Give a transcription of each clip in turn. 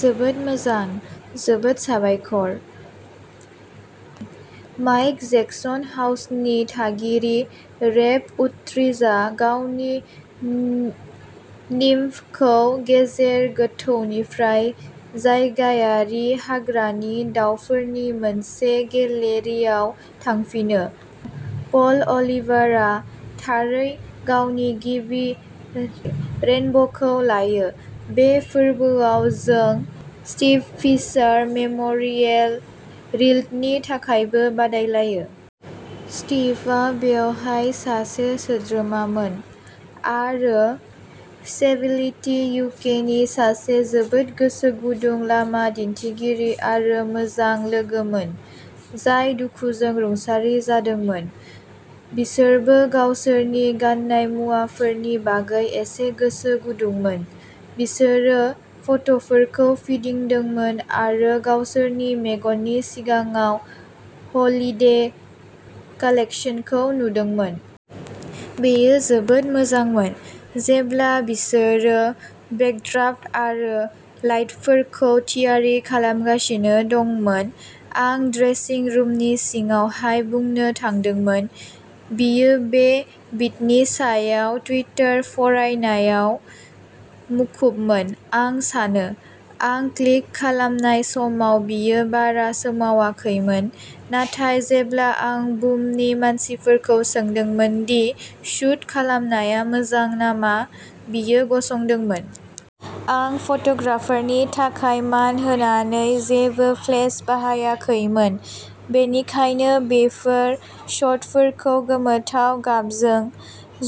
जोबोद मोजां, जोबोद साबायखर। माइक जेक्सन हाउसनि थागिरि रेभ उट्रिजआ गावनि निम्फखौ गेजेर गोथौनिफ्राय जायगायारि हाग्रानि दावफोरनि मोनसे गेलारियाव थांफिनो। पल अलिभारआ, थारै, गावनि गिबि रेनब'खौ लायो। बे फोरबोआव, जों स्टिभ फिशार मेम'रियेल शील्डनि थाखायबो बादायलायो। स्टिभआ बेवहाय सासे सोद्रोमामोन, आरो फिशाबिलिटि इउकेनि सासे जोबोद गोसोगुदुं लामा दिन्थिगिरि आरो मोजां लोगोमोन, जाय दुखुजों रुंसारि जादोंमोन। बिसोरबो गावसोरनि गान्नाय मुवाफोरनि बागै एसे गोसो गुदुंमोन। बिसोरो फट'फोरखौ फिदिंदोंमोन आरो गावसोरनि मेगननि सिगाङाव हलिदे कालेक्सनखौ नुदोंमोन। बेयो जोबोद मोजांमोन। जेब्ला बिसोरो बेकड्राफ्ट आरो लाइटफोरखौ थियारि खालामगासिनो दंमोन, आं ड्रेसिं रुमनि सिङाव हाय बुंनो थांदोंमोन। बियो बे बिटनि सायाव टुइटार फरायनायाव मुखुबमोन, आं सानो। आं क्लिक खालामनाय समाव बियो बारा सोमावाखैमोन, नाथाय जेब्ला आं बुमनि मानसिफोरखौ सोंदोंमोन दि शूट खालामनाया मोजां नामा, बियो गसंदोंमोन! आं फट'ग्राफारनि थाखाय मान होनानै जेबो फ्लेश बाहायाखैमोन, बेनिखायनो बेफोर शटफोरखौ गोमोथाव गाबजों।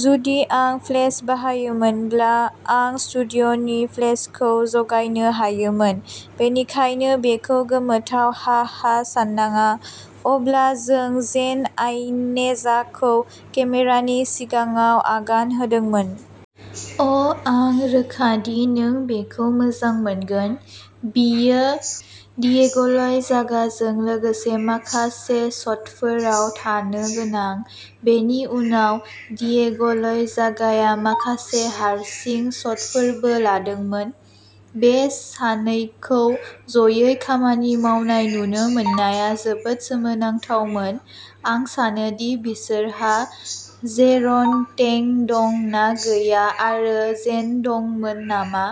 जुदि आं फ्लेश बाहायोमोनब्ला आं स्टुडिय'नि फ्लेशखौ जागायनो हायोमोन। बेनिखायनो बेखौ गोमोथाव हाहा साननाङा! अब्ला जों जेन अइनेजाखौ केमेरानि सिगाङाव आगान होदोंमोन। अ'आं रोखा दि नों बेखौ मोजां मोनगोन। बियो डियेग'ल'यजागाजों लोगोसे माखासे शटफोराव थानो गोनां। बेनि उनाव, डियेग'ल'यजागाया माखासे हारसिं शटफोरबो लादोंमोन। बे सानैखौ ज'यै खामानि मावनाय नुनो मोननाया जोबोद सोमोनांथावमोन। आं सानो दि बिसोरहा जेरन टें दं ना गैया आरो जेन दंमोन नामा।